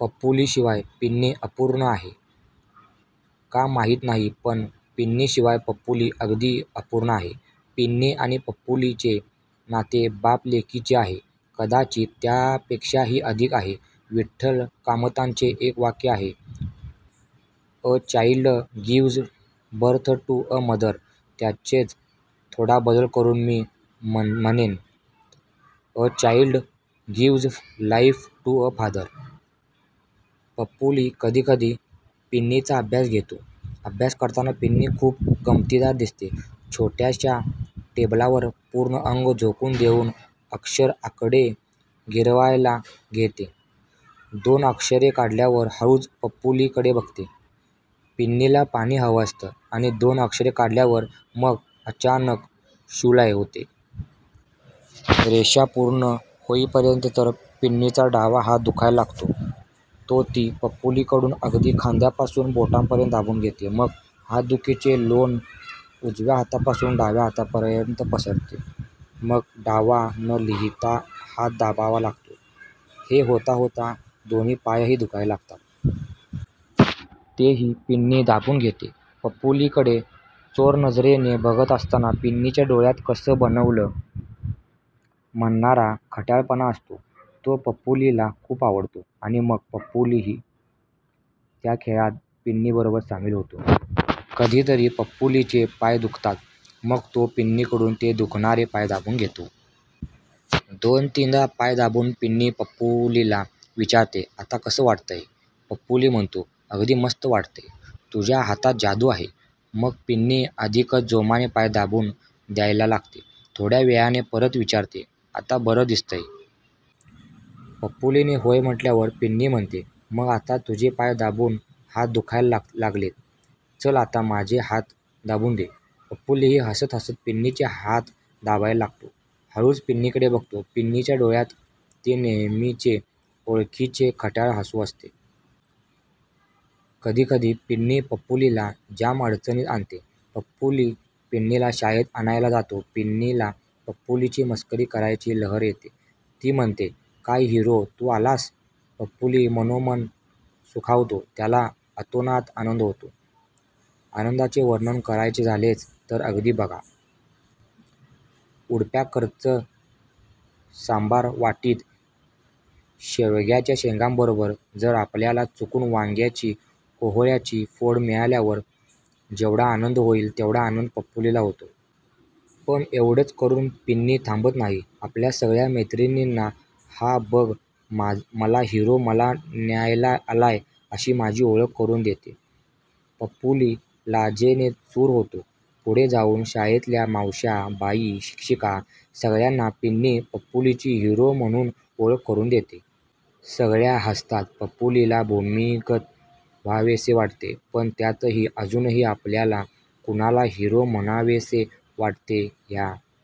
पप्पूलीशिवाय पिन्नी अपूर्ण आहे का माहीत नाही पण पिन्नीशिवाय पप्पूली अगदीच अपूर्ण आहे. पिन्नी आणि पप्पूलीचे नाते बाप-लेकीचे आहे, कदाचित त्यापेक्षाही अधिक आहे. विठ्ठल कामतांचे एक वाक्य आहे, a child gives birth to a mother, त्याचेच थोडा बदल करून मी म्हणेन, a child gives life to a father. Pappuli कधी कधी पिन्नीचा अभ्यास घेतो. अभ्यास करताना पिन्नी खूप गमतीदार दिसते. छोट्याशा टेबलावर पूर्ण अंग झोकून देऊन अक्षर आकडे गिरवायला घेते. दोन अक्षरे काढल्यावर हळूच पप्पूलीकडे बघते. पिन्नीला पाणी हवं असतं. आणि दोन अक्षरे काढल्यावर मग अचानक शू ला होते. रेषा पूर्ण होईपर्यंत तर पिन्नीचा डावा हात दुखायला लागतो. तो ती पप्पूलीकडून अगदी खांद्यापासून बोटांपर्यंत दाबून घेते. मग हातदुखीचे लोण उजव्या हातापासून डाव्या हातापर्यंत पसरते. मग डावा न-लिहिता हात दाबावा लागतो. हे होता होता दोन्ही पायही दुखायला लागतात. तेही पिन्नी दाबून घेते. पप्पूलीकडे चोरनजरेने बघत असताना पिन्नीच्या डोळ्यांत कसं बनवलं? म्हणणारा खट्याळपणा असतो. तो पप्पूलीला खूप आवडतो. आणि मग पप्पूलीही त्या खेळात पिन्नीबरोबर सामील होतो. कधी तरी पप्पूलीचे पाय दुखतात मग तो पिन्नीकडून ते दुखणारे पाय दाबून घेतो. दोन-तीनदा पाय दाबून पिन्नी पप्पूलीला विचारते, आता कसं वाटतंय? पप्पूली म्हणतो, अगदी मस्त वाटतंय, तुझ्या हातात जादू आहे, मग पिन्नी अधिकच जोमाने पाय दाबून द्यायला लागते. थोड्या वेळाने परत विचारते, आता बरं दिसतंय? पप्पूलीने होय म्हटल्यावर पिन्नी म्हणते, मग आता तुझे पाय दाबून हात दुखायला लागलेत, चल आता माझे हात दाबून दे. पप्पूलीही हसत हसत पिन्नीचे हात दाबायला लागतो. हळूच पिन्नीकडे बघतो. पिन्नीच्या डोळ्यांत ते नेहमीचे ओळखीचे खट्याळ हसू असते. कधी कधी पिन्नी पप्पूलीला जाम अडचणीत आणते. पप्पूली पिन्नीला शाळेत आणायला जातो. पिन्नीला पप्पूलीची मस्करी करायची लहर येते. ती म्हणते, काय हिरो, तू आलास? पप्पूली मनोमन सुखावतो, त्याला अतोनात आनंद होतो. आनंदाचे वर्णन करायचे झालेच तर अगदी बघा, उडप्याकडच्या सांबार वाटीत शेवग्याच्या शेंगांबरोबर जर आपल्याला चुकून वांग्याची, कोहोळ्याची फोड मिळाल्यावर जेवढा आनंद होईल तेवढा आनंद पप्पूलीला होतो. पण एवढेच करून पिन्नी थांबत नाही. आपल्या सगळ्या मैत्रिणींना, हा बघ मला हिरो मला न्यायला आलाय अशी माझी ओळख करून देते. पप्पूली लाजेने चूर होतो. पुढे जाऊन शाळेतल्या मावश्या, बाई, शिक्षिका सगळ्यांना पिन्नी पप्पूलीची हिरो म्हणून ओळख करून देतो. सगळ्या हसतात. पप्पूलीला भूमिगत व्हावेसे वाटते. पण त्यातही अजूनही आपल्याला कुणाला हिरो म्हणावेसे वाटते ह्या